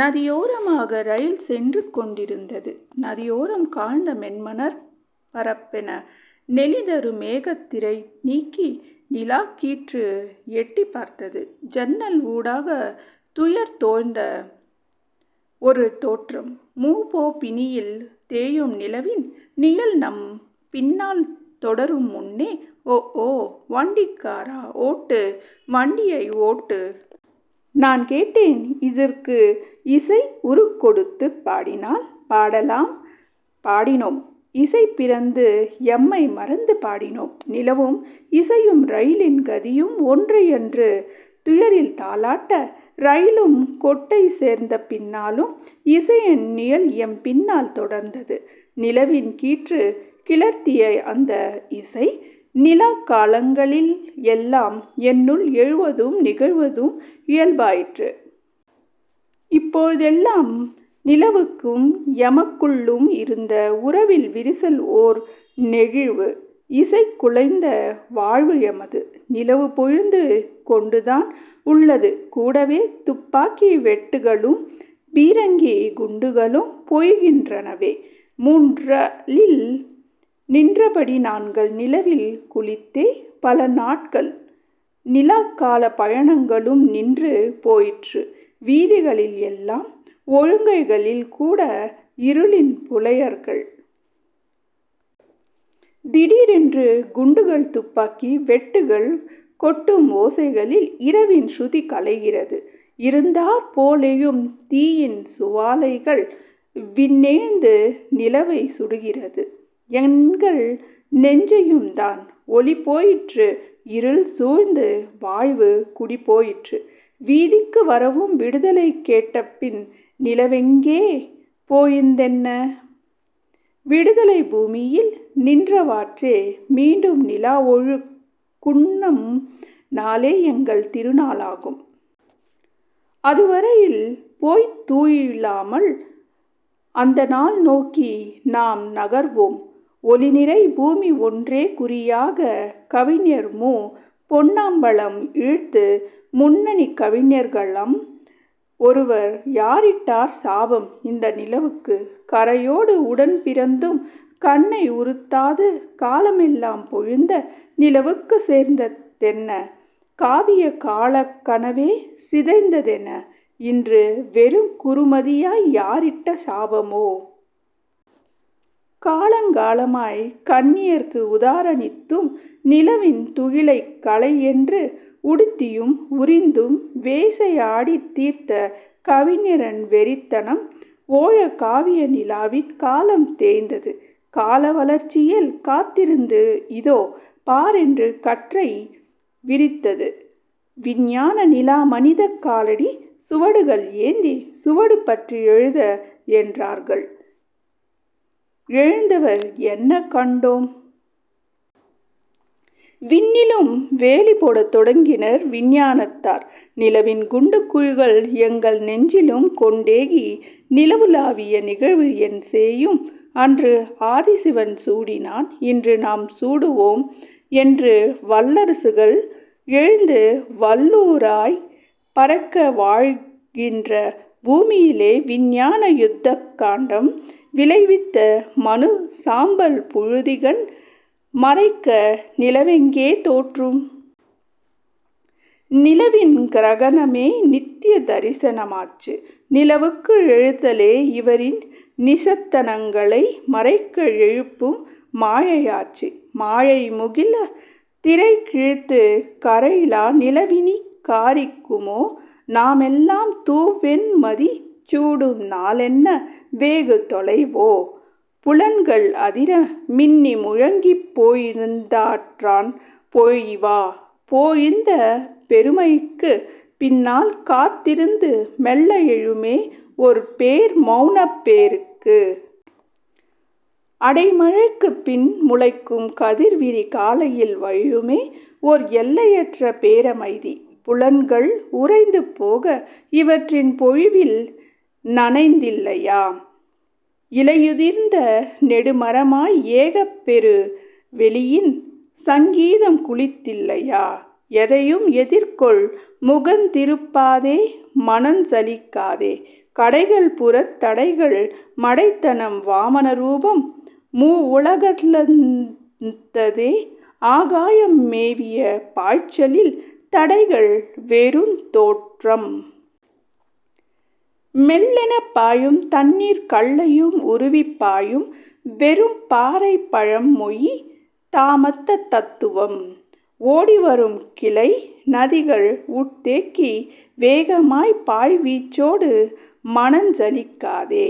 நதியோரமாக rail சென்று கொண்டிருந்தது. நதியோரம் காய்ந்த மென்மணற் பரப்பென நெளிதரு மேகத் திரைநீக்கி நிலாக்கீற்று எட்டிப் பார்த்தது. ஜன்னல் ஊடாக துயர்தோய்ந்த ஒரு தோற்றம். மு. பொ. பிணியில் தேயும் நிலவின் நிழல்நம் பின்னால் தொடரும் முன்னே ஓஓ வண்டிக் காரா ஒட்டு வண்டியை ஒட்டு. நான்கேட்டேன் இதற்கு இசை உருக்கொடுத்துப் பாடினால்? பாடலாம். பாடினோம். இசைபிறந்து எமைமறந்து பாடினோம். நிலவும் இசையும் ரயிலின் கதியும் ஒன்றை யன்று துயரில் தாலாட்ட ரயிலும் கோட்டை சேர்ந்தபின்னாலும் இசையின் நிழல்எம் பின்னால் தொடர்ந்தது. நிலவின் கீற்றுக் கிளர்த்திய அந்த இசை நிலாக் காலங்களில் எல்லாம் என்னுள் எழுவதும் நெகிழ்வதும் இயல்பாயிற்று. இப்போ தெல்லாம் நிலவுக்கும் எமக்குள்ளும் இருந்த உறவில் விரிசல் ஓர் நெகிழ்வு. இசைக்குலைந்த வாழ்வு எமது. நிலவு பொழிந்து கொண்டுதான் உள்ளது கூடவே துப்பாக்கி வேட்டுகளும் பீரங்கிக் குண்டுகளும் பொழிகின்றனவே. மூன்றலில் நின்றபடி நாங்கள் நிலவில் குளித்தே பலநாட்கள். நிலாக் கால பயணங்களும் நின்று போயிற்று வீதிகளில் எல்லாம் ஒழுங்கைகளில் கூட இருளின் புலையர்கள். திடீரென்று குண்டுகள் துப்பாக்கி வெரட்டுகள் கொட்டும் ஓசைகளில் இரவின் சுருதி கலைகிறது. இருந்தாற் போலெழும் தீயின் சுவாலைகள் விண்ணெழுந்து நிலவைச் சுடுகிறது. எங்கள் நெஞ்சையும்தான். ஒளிபோயிற்று; இருள்சூழ்ந்து வாழ்வு குடிபோயிற்று. வீதிக்கு வரவும் விடுதலை கேட்டபின் நிலவெங்கே பொழிந்தென்ன? விடுதலைப் பூமியில் நின்றவாறே மீண்டும் நிலாவொழுக் குண்ணும் நாளே எங்கள் திருநாளாகும். அதுவரையில் போய்த் துயிலாமல் அந்தநாள் நோக்கி நாம் நகர்வோம் ஒளிநிறை பூமி ஒன்றே குறியாக. கவிஞர் மு. பொன்னம்பலம் ஈழ்த்து முன்னணிக் கவிஞர்களம் ஒருவர். யாரிட்டார் சாபம் இந்த நிலவுக்கு? கறையோடு உடன் பிறந்தும் கண்ணை உறுத்தாது காலமெலாம் பொழிந்த நிலவுக்கு நேர்ந்த தென்ன? காவிய காலக் கனவே சிதைந்ததென இன்று வெறுங் குறுமதியாய் யாரிட்ட சாபமோ? காலங் காலமாய் கன்னியர்க்கு உதாரணித்தும் நிலவின் துகிலைக் கலை யென்று உடுத்தியும் உரிந்தும் வேசையாடித் தீர்த்த கவிஞரின் வெறித்தனம் ஓய காவிய நிலாவின் காலம் தேய்ந்தது. கால வளர்ச்சியில் காத்திருந்து. இதோ பாரென்று கற்றை விரித்தது விஞ்ஞான நிலா மனிதக் காலடிச் சுவடுகள் ஏந்தி. சுவடு பற்றி எழுக என்றார்கள் எழுந்தவர் என்ன கண்டோம்? விண்ணிலும் வேலி போடத் தொடங்கினர் விஞ்ஞானத்தார். நிலவின் குண்டு குழிகள் எங்கள் நெஞ்சிலும் கொண்டேகி நிலவுலாவிய நிகழ்வு என் சேயும் அன்று ஆதி சிவன் சூடினான் இன்று நாம் சூடுவோம் என்று வல்லரசுகள் எழுந்து வல்லூறாய்ப் பறக்க வாழ்கின்ற பூமியிலே விஞ்ஞான யுத்த காண்டம் விளைவித்த மனுச் சாம்பல் புழுதி கண் மறைக்க நிலவெங்கே தோற்றும்? நிலவின் கிரகணமே நித்திய தரிசனமாச்சு. நிலவுக்கு எழுதலே இவரின் நீசத்தனங்களை மறைக்க எழுப்பும் மாயையாச்சு. மாயை முகில் திரைகிழித்து கறையிலா நிலவினிக் காரிக்குமோ? நாமெல்லாம் தூவெண் மதி சூடும் நாளென்ன வெகு தொலைவோ? புலன்கள் அதிர மின்னி முழங்கிப் பொழிந்தாற்றான் பொழிவா? பொழிந்த பெருமழைக்குப் பின்னால் காத்திருந்து மெல்ல எழுமே ஒர் பேர் மௌனப் பேருக்கு. அடை மழைக்குப் பின் முளைக்கும் கதிர் விரி காலையில் வழியுமே ஓர் எல்லையற்ற பேரமைதி. புலன்கள் உறைந்து போக இவற்றின் பொழிவில் நனைந்திலையா? இலையுதிர்ந்த நெடுமரமாய் ஏகப் பெரு வெளியின் சங்கீதம் குளித்திலையா? எதையும் எதிர்கொள் முகந் திருப்பாதே மனஞ் சலிக்காதே. தடைகள் புறத் தடைகள் மடைத்தனம் வாமன ரூபம் மூவுலகளந்ததே ஆகாயம் மேவிய பாய்ச்சலில் தடைகள் வெறுந் தோற்றம். மெல்லெனப் பாயும் தண்ணீர் கல்லையும் உருவிப் பாயும் வெறும் பாறைப் பழம் மொழி தாமத்தத் தத்துவம். ஓடிவரும் கிளை நதிகள் உட் தேக்கி வேகமாய்ப் பாய் வீச்சோடு. மனஞ் சலிக்காதே